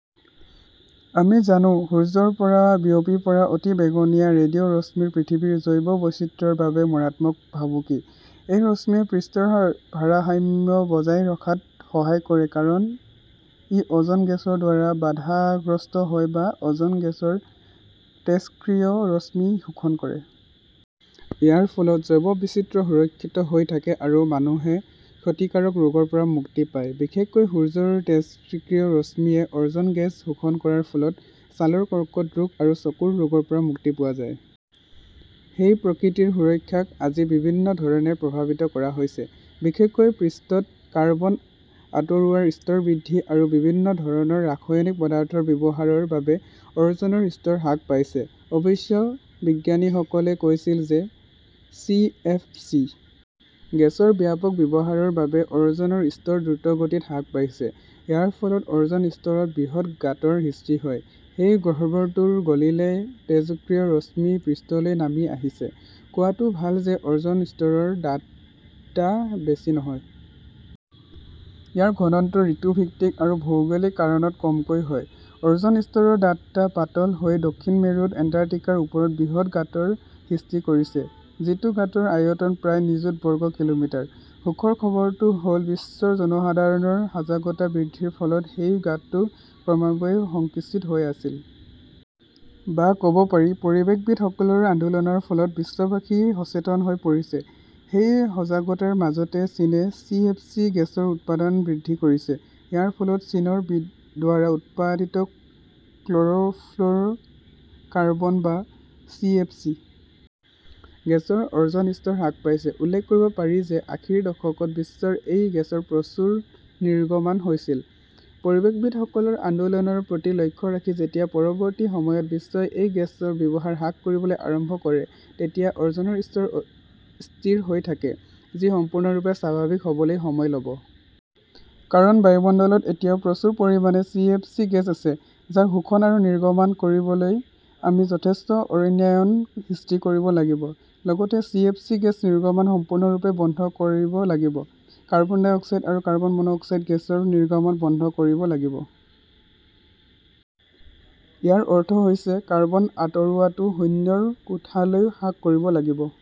আমি জানো, সূৰ্যৰ পৰা বিয়পি পৰা অতিবেঙুনীয়া ৰেডিঅ ৰশ্মি পৃথিৱীৰ জৈৱ বৈচিত্ৰ্যৰ বাবে মাৰাত্মক ভাবুকি। এই ৰশ্মিয়ে পৃষ্ঠৰ ভাৰসাম্য বজাই ৰখাত সহায় কৰে কাৰণ ই অ'জন গেছৰ দ্বাৰা বাধাগ্ৰস্ত হয় বা অ'জন গেছৰ তেজস্ক্ৰিয় ৰশ্মি শোষণ কৰে। ইয়াৰ ফলত জৈৱ বৈচিত্ৰ্য সুৰক্ষিত হৈ থাকে আৰু মানুহে ক্ষতিকাৰক ৰোগৰ পৰা মুক্তি পায়। বিশেষকৈ, সূৰ্যৰ তেজস্ক্ৰিয় ৰশ্মিয়ে অ'জন গেছ শোষণ কৰাৰ ফলত ছালৰ কৰ্কট ৰোগ আৰু চকুৰ ৰোগৰ পৰা মুক্তি পোৱা যায়। সেই প্ৰকৃতিৰ সুৰক্ষাক আজি বিভিন্ন ধৰণে প্ৰভাৱিত কৰা হৈছে। বিশেষকৈ, পৃষ্ঠত কাৰ্বন আঁতৰোৱাৰ স্তৰ বৃদ্ধি আৰু বিভিন্ন ধৰণৰ ৰাসায়নিক পদাৰ্থৰ ব্যৱহাৰৰ বাবে অ'জনৰ স্তৰ হ্ৰাস পাইছে। অৱশ্যে, বিজ্ঞানীসকলে কৈছিল যে চি. এফ. চি. গেছৰ ব্যাপক ব্যৱহাৰৰ বাবে অ'জনৰ স্তৰ দ্ৰুতগতিত হ্ৰাস পাইছে। ইয়াৰ ফলত অ'জন স্তৰত বৃহৎ গাঁতৰ সৃষ্টি হয়। সেই গহ্বৰটো গলিলে তেজস্ক্ৰিয় ৰশ্মি পৃষ্ঠলৈ নামি আহিছে। কোৱাটো ভাল যে অ'জন স্তৰৰ ডাঠতা বেছি নহয়। ইয়াৰ ঘনত্ব ঋতুভিত্তিক আৰু ভৌগোলিক কাৰণত কমকৈ হয়। অ'জন স্তৰৰ ডাঠতা পাতল হৈ দক্ষিণ মেৰুত এণ্টাৰ্কটিকাৰ ওপৰত বৃহৎ গাঁতৰ সৃষ্টি কৰিছে, যিটো গাঁতৰ আয়তন প্ৰায় নিযুত বৰ্গ কিলোমিটাৰ। সুখৰ খবৰটো হ 'ল, বিশ্বৰ জনসাধাৰণৰ সজাগতা বৃদ্ধিৰ ফলত সেই গাঁতটো ক্ৰমান্বয়ে সংকুচিত হৈ আছিল। বা ক'ব পাৰি, পৰিৱেশবিদসকলৰ আন্দোলনৰ ফলত বিশ্ববাসী সচেতন হৈ পৰিছে। সেই সজাগতাৰ মাজতে চীনে চি. এফ. চি. গেছৰ উৎপাদন বৃদ্ধি কৰিছে। ইয়াৰ ফলত চীনৰ দ্বাৰা উৎপাদিত ক্ল'ৰ" ফ্ল'ৰ কাৰ্বন বা চি. এফ. চি. গেছৰ অ'জন স্তৰ হ্ৰাস পাইছে। উল্লেখ কৰিব পাৰি যে আশীৰ দশকত বিশ্বত এই গেছৰ প্ৰচুৰ নিৰ্গমন হৈছিল। পৰিৱেশবিদসকলৰ আন্দোলনৰ প্ৰতি লক্ষ্য ৰাখি যেতিয়া পৰৱৰ্তী সময়ত বিশ্বই এই গেছৰ ব্যৱহাৰ হ্ৰাস কৰিবলৈ আৰম্ভ কৰে তেতিয়া অ'জনৰ স্তৰ স্থিৰ হৈ থাকে, যি সম্পূৰ্ণৰূপে স্বাভাৱিক হ'বলৈ সময় ল'ব। কাৰণ বায়ুমণ্ডলত এতিয়াও প্ৰচুৰ পৰিমাণে চি. এফ. চি. গেছ আছে, যাক শোষণ আৰু নিৰ্গমন কৰিবলৈ আমি যথেষ্ট অৰণ্যায়ন সৃষ্টি কৰিব লাগিব। লগতে, চি. এফ. চি. গেছ নিৰ্গমন সম্পূৰ্ণৰূপে বন্ধ কৰিব লাগিব। কাৰ্বন ডাই অক্সাইড আৰু কাৰ্বন মনোক্সাইড গেছৰ নিৰ্গমন বন্ধ কৰিব লাগিব। ইয়াৰ অৰ্থ হৈছে কাৰ্বন আঁতৰোৱাটো শূন্যৰ কোঠালৈ হ্ৰাস কৰিব লাগিব।